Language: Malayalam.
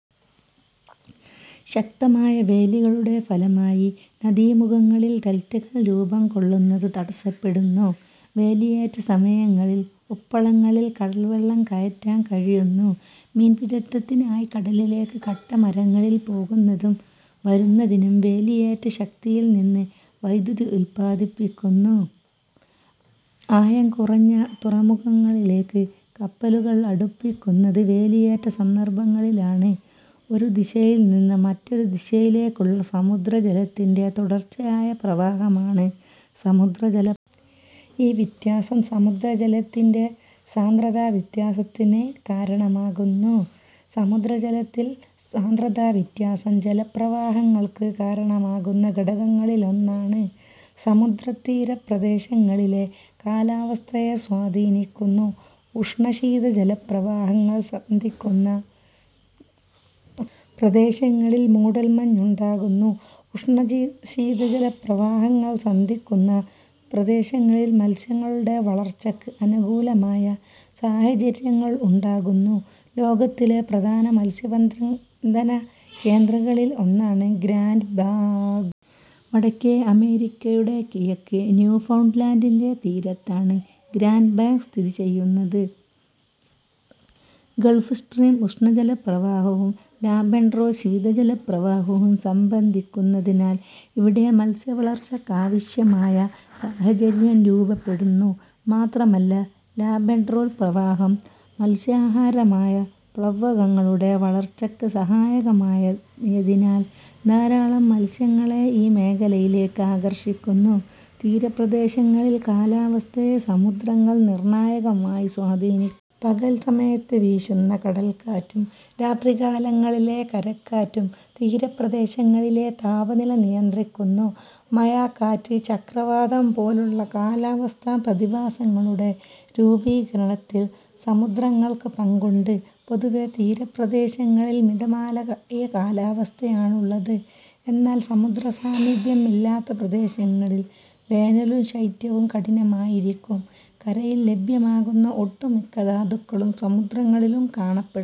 ശക്തമായ വേലികളുടെ ഫലമായി നദീമുഖങ്ങളിൽ ഡെൽറ്റകൾ രൂപം കൊള്ളുന്നത് തടസ്സപ്പെടുന്നു. വേലിയേറ്റസമയങ്ങളിൽ ഉപ്പളങ്ങളിൽ കടൽവെള്ളം കയറ്റാൻ കഴിയുന്നു. മീൻപിടിത്തത്തിനായി കടലിലേക്ക് കട്ടമരങ്ങളിൽ പോകുന്നതിനും വരുന്നതിനും. വേലിയേറ്റശക്തിയിൽനിന്നു വൈദ്യുതി ഉൽപ്പാദിപ്പിക്കുന്നു. ആഴം കുറഞ്ഞ തുറമുഖങ്ങളിലേക്ക് കപ്പലുകൾ അടുപ്പിക്കുന്നത് വേലിയേറ്റ സന്ദർഭങ്ങളിലാണ്. ഒരു ദിശയിൽനിന്ന് മറ്റൊരു ദിശയിലേക്കുള്ള സമുദ്രജലത്തിന്റെ തുടർച്ചയായ പ്രവാഹമാണ് സമുദ്രജലപ്രവാഹം. ഈ വ്യത്യാസം സമുദ്രജലത്തിന്റെ സാന്ദ്രതാവ്യത്യാസത്തിന് കാരണമാകുന്നു. സമുദ്രജലത്തിന്റെ സാന്ദ്രതാവ്യത്യാസം ജലപ്രവാഹങ്ങൾക്കു കാരണമാകുന്ന ഘടകങ്ങളിലൊന്നാണ്. സമുദ്രതീരപ്രദേശങ്ങളിലെ കാലാവസ്ഥയെ സ്വാധീനിക്കുന്നു. ഉഷ്ണ-ശീതജലപ്രവാഹങ്ങൾ സന്ധിക്കുന്ന പ്രദേശങ്ങളിൽ മൂടൽമഞ്ഞ് ഉണ്ടാകുന്നു. ഉഷ്ണ-ശീതജലപ്രവാഹങ്ങൾ സന്ധിക്കുന്ന പ്രദേശങ്ങളിൽ മത്സ്യങ്ങളുടെ വളർച്ചയ്ക്ക് അനുകൂലമായ സാഹചര്യങ്ങൾ ഉണ്ടാകുന്നു. ലോകത്തിലെ പ്രധാന മത്സ്യബന്ധന കേന്ദ്രങ്ങളിൽ ഒന്നാണ് ഗ്രാന്റ് ബാങ്ക്സ്. വടക്കേ അമേരിക്കയുടെ കിഴക്ക് ന്യൂഫൗണ്ട്ലാന്റിന്റെ തീരത്താണ് ഗ്രാന്റ് ബാങ്ക്സ് സ്ഥിതിചെയ്യുന്നത്. ഗൾഫ്സ്ട്രീം ഉഷ്ണജലപ്രവാഹവും ലാബ്രഡോർ ശീതജലപ്രവാഹവും സന്ധിക്കുന്നതിനാൽ ഇവിടെ മത്സ്യവളർച്ചയ്ക്കാവശ്യമായ സാഹചര്യം രൂപപ്പെടുന്നു. മാത്രമല്ല, ലാബ്രഡോർ പ്രവാഹം മത്സ്യാഹാരമായ പ്ലവകങ്ങളുടെ വളർച്ചയ്ക്ക് സഹായകമായതിനാൽ ധാരാളം മത്സ്യങ്ങളെ ഈ മേഖലയിലേക്ക് ആകർഷിക്കുന്നു. തീരപ്രദേശങ്ങളിലെ കാലാവസ്ഥയെ സമുദ്രങ്ങൾ നിർണായകമായി സ്വാധീനിക്കുന്നു. പകൽസമയത്ത് വീശുന്ന കടൽക്കാറ്റും രാത്രികാലങ്ങളിലെ കരക്കാറ്റും തീരപ്രദേശങ്ങളിലെ താപനില നിയന്ത്രിക്കുന്നു. മഴ, കാറ്റ്, ചക്രവാതം പോലുള്ള കാലാവസ്ഥാ പ്രതിഭാസങ്ങളുടെ രൂപീകരണത്തിൽ സമുദ്രങ്ങൾക്ക് പങ്കുണ്ട്. പൊതുവെ തീരപ്രദേശങ്ങളിൽ മിതമായ കാലാവസ്ഥയാണുള്ളത്. എന്നാൽ സമുദ്രസാമീപ്യം ഇല്ലാത്ത പ്രദേശങ്ങളിൽ വേനലും ശൈത്യവും കഠിനമായിരിക്കും. കരയിൽ ലഭ്യമാകുന്ന ഒട്ടുമിക്ക ധാതുക്കളും സമുദ്രങ്ങളിലും കാണപ്പെടുന്നു.